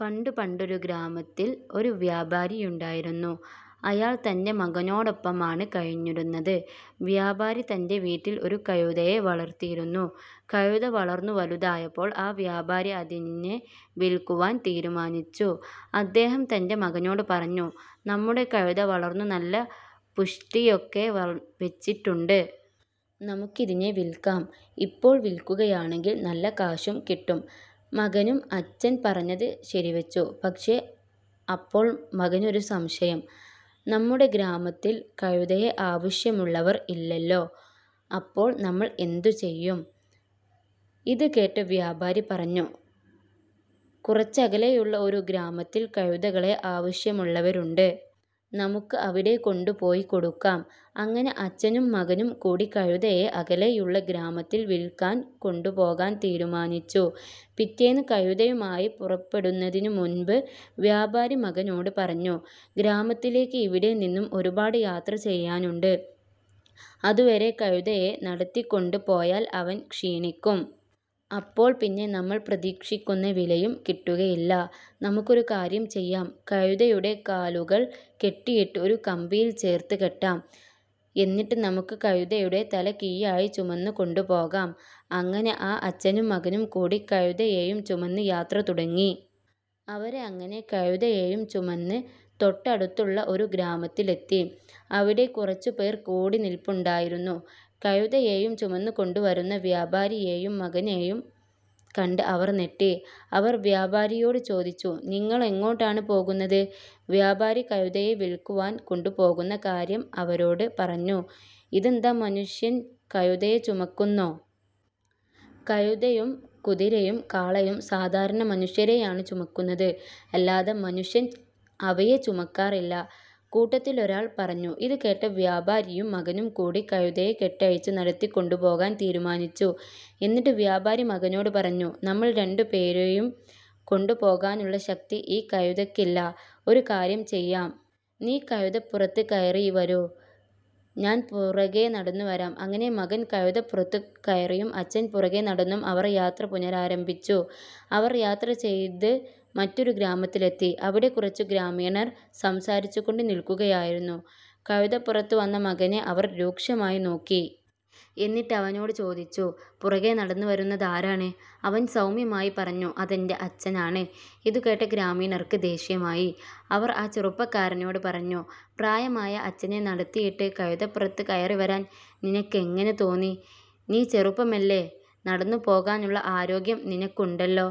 പണ്ട് പണ്ടൊരു ഗ്രാമത്തിൽ ഒരു വ്യാപാരി ഉണ്ടായിരുന്നു. അയാൾ തൻ്റെ മകനോടൊപ്പമാണ് കഴിഞ്ഞിരുന്നത്. വ്യാപാരി തൻ്റെ വീട്ടിൽ ഒരു കഴുതയെ വളർത്തിയിരുന്നു. കഴുത വളർന്നു വലുതായപ്പോൾ ആ വ്യാപാരി അതിനെ വിൽക്കുവാൻ തീരുമാനിച്ചു. അദ്ദേഹം തൻ്റെ മകനോട് പറഞ്ഞു "നമ്മുടെ കഴുത വളർന്നു നല്ല പുഷ്ടിയൊക്കെ വച്ചിട്ടുണ്ട്. നമുക്കതിനെ വിൽക്കാം. ഇപ്പോൾ വിൽക്കുകയാണെങ്കിൽ നല്ല കാശും കിട്ടും. " മകനും അച്ഛൻ പറഞ്ഞത് ശരിവച്ചു. പക്ഷേ അപ്പോൾ മകനൊരു സംശയം "നമ്മുടെ ഗ്രാമത്തിൽ കഴുതയെ ആവശ്യമുള്ളവർ ഇല്ലല്ലോ. അപ്പോൾ നമ്മൾ എന്ത് ചെയ്യും? ഇതുകേട്ട വ്യാപാരി പറഞ്ഞു "കുറച്ചകലെയുള്ള ഒരു ഗ്രാമത്തിൽ കഴുതകളെ ആവശ്യമുള്ളവരുണ്ട്. നമുക്ക് അവിടെ കൊണ്ടുപോയി കൊടുക്കാം. " അങ്ങനെ അച്ഛനും മകനും കൂടി കഴുതയെ അകലെയുള്ള ഗ്രാമത്തിൽ വിൽക്കാൻ കൊണ്ടുപോകാൻ തീരുമാനിച്ചു. പിറ്റേന്ന് കഴുതയുമായി പുറപ്പെടുന്നതിനു മുൻപ് വ്യാപാരി മകനോട് പറഞ്ഞു. "ഗ്രാമത്തിലേക്ക് ഇവിടെ നിന്നും ഒരുപാട് യാത്ര ചെയ്യാനുണ്ട്. അതുവരെ കഴുതയെ നടത്തിക്കൊണ്ട് പോയാൽ അവൻ ക്ഷീണിക്കും. അപ്പോൾ പിന്നെ നമ്മൾ പ്രതീക്ഷിക്കുന്ന വിലയും കിട്ടുകയില്ല. നമുക്കൊരു കാര്യം ചെയ്യാം. കഴുതയുടെ കാലുകൾ കെട്ടിയിട്ട് ഒരു കമ്പിൽ ചേർത്ത് കെട്ടാം. എന്നിട്ട് നമുക്ക് കഴുതയെ തലകീഴായി ചുമന്നു കൊണ്ടു പോകാം. " അങ്ങനെ ആ അച്ഛനും മകനും കൂടി കഴുതയെയും ചുമന്നു യാത്ര തുടങ്ങി. അവരങ്ങനെ കഴുതയെയും ചുമന്ന് തൊട്ടടുത്തുള്ള ഒരു ഗ്രാമത്തിലെത്തി. അവിടെ കുറച്ചുപേർ കൂടി നിൽപ്പുണ്ടായിരുന്നു. കഴുതയെയും ചുമന്നു കൊണ്ടുവരുന്ന വ്യാപാരിയെയും മകനെയും കണ്ട് അവർ ഞെട്ടി. അവർ വ്യാപാരിയോട് ചോദിച്ചു. "നിങ്ങളെങ്ങോട്ടാണ് പോകുന്നത്? " വ്യാപാരി കഴുതയെ വിൽക്കാൻ കൊണ്ടുപോകുന്ന കാര്യം അവരോട് പറഞ്ഞു. "ഇതെന്താ, മനുഷ്യൻ കഴുതയെ ചുമക്കുന്നോ? കഴുതയും കുതിരയും കാളയും സാധാരണ മനുഷ്യനെയാണ് ചുമക്കുന്നത്. അല്ലാതെ മനുഷ്യൻ അവയെ ചുമക്കാറില്ല. " കൂട്ടത്തിലൊരാൾ പറഞ്ഞു. ഇതുകേട്ട വ്യാപാരിയും മകനും കൂടി കഴുതയുടെ കെട്ടഴിച്ചു നടത്തിക്കൊണ്ടു പോകാൻ തീരുമാനിച്ചു. എന്നിട്ട് വ്യാപാരി മകനോട് പറഞ്ഞു "നമ്മൾ രണ്ടുപേരെയും കൊണ്ടുപോകാനുള്ള ശക്തി ഈ കഴുതയ്ക്കില്ല. ഒരു കാര്യം ചെയ്യാം. നീ കഴുതപ്പുറത്തു കയറിവരൂ. ഞാൻ പുറകെ നടന്നു വരാം. " അങ്ങനെ മകൻ കഴുതപ്പുറത്തു കയറിയും അച്ഛൻ പുറകെ നടന്നും അവർ യാത്ര പുനരാരംഭിച്ചു. അവർ യാത്രചെയ്ത് മറ്റൊരു ഗ്രാമത്തിലെത്തി. അവിടെ കുറച്ച് ഗ്രാമീണർ സംസാരിച്ചുകൊണ്ട് നിൽക്കുകയായിരുന്നു. കഴുതപ്പുറത്ത് വന്ന മകനെ അവർ രൂക്ഷമായി നോക്കി. എന്നിട്ടവനോട് ചോദിച്ചു. "പുറകെ നടന്നുവരുന്നത് ആരാണ്? " അവൻ സൗമ്യമായി പറഞ്ഞു "അതെൻ്റെ അച്ഛനാണ്. " ഇതുകേട്ട ഗ്രാമീണർക്ക് ദേഷ്യമായി. അവർ ആ ചെറുപ്പക്കാരനോട് പറഞ്ഞു. "പ്രായമായ അച്ഛനെ നടത്തിയിട്ട് കഴുതപ്പുറത്തു കയറിവരാൻ നിനക്കെങ്ങനെ തോന്നി? നീ ചെറുപ്പമല്ലേ നടന്നു പോകാനുള്ള ആരോഗ്യം നിനക്ക് ഉണ്ടല്ലോ?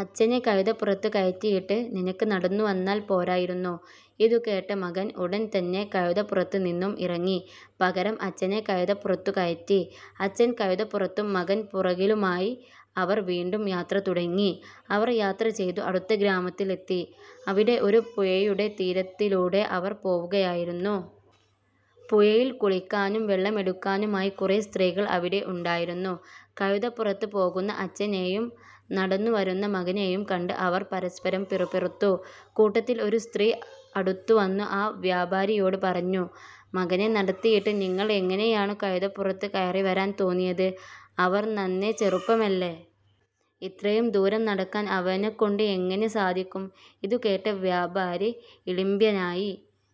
അച്ഛനെ കഴുതപ്പുറത്തു കയറ്റിയിട്ട് നിനക്ക് നടന്നു വന്നാൽ പോരായിരുന്നോ? " ഇതുകേട്ട മകൻ ഉടൻതന്നെ കഴുത പുറത്തു നിന്നും ഇറങ്ങി. പകരം അച്ഛനെ കഴുതപ്പുറത്തു കയറ്റി. അച്ഛൻ കഴുതപ്പുറത്തും മകൻ പുറകിലുമായി അവർ വീണ്ടും യാത്ര തുടങ്ങി. അവർ യാത്രചെയ്ത് അടുത്ത ഗ്രാമത്തിലെത്തി. അവിടെ ഒരു പുഴയുടെ തീരത്തിലൂടെ അവർ പോവുകയായിരുന്നു. പുഴയിൽ കുളിക്കാനും വെള്ളമെടുക്കാനുമായി കുറേ സ്ത്രീകൾ അവിടെ ഉണ്ടായിരുന്നു. കഴുതപ്പുറത്ത് പോകുന്ന അച്ഛനെയും നടന്നുവരുന്ന മകനെയും കണ്ട് അവർ പരസ്പരം പിറുപിറുത്തു. കൂട്ടത്തിൽ ഒരു സ്ത്രീ അടുത്തുവന്ന് ആ വ്യാപാരിയോട് പറഞ്ഞു. "മകനെ നടത്തിയിട്ട് നിങ്ങൾക്ക് എങ്ങനെയാണ് കഴുതപ്പുറത്തു കയറിവരാൻ തോന്നിയത്? അവൻ നന്നേ ചെറുപ്പമല്ലേ. ഇത്രയും ദൂരം നടക്കാൻ അവനെക്കൊണ്ട് എങ്ങനെ സാധിക്കും? " ഇതുകേട്ട വ്യാപാരി ഇളിഭ്യനായി.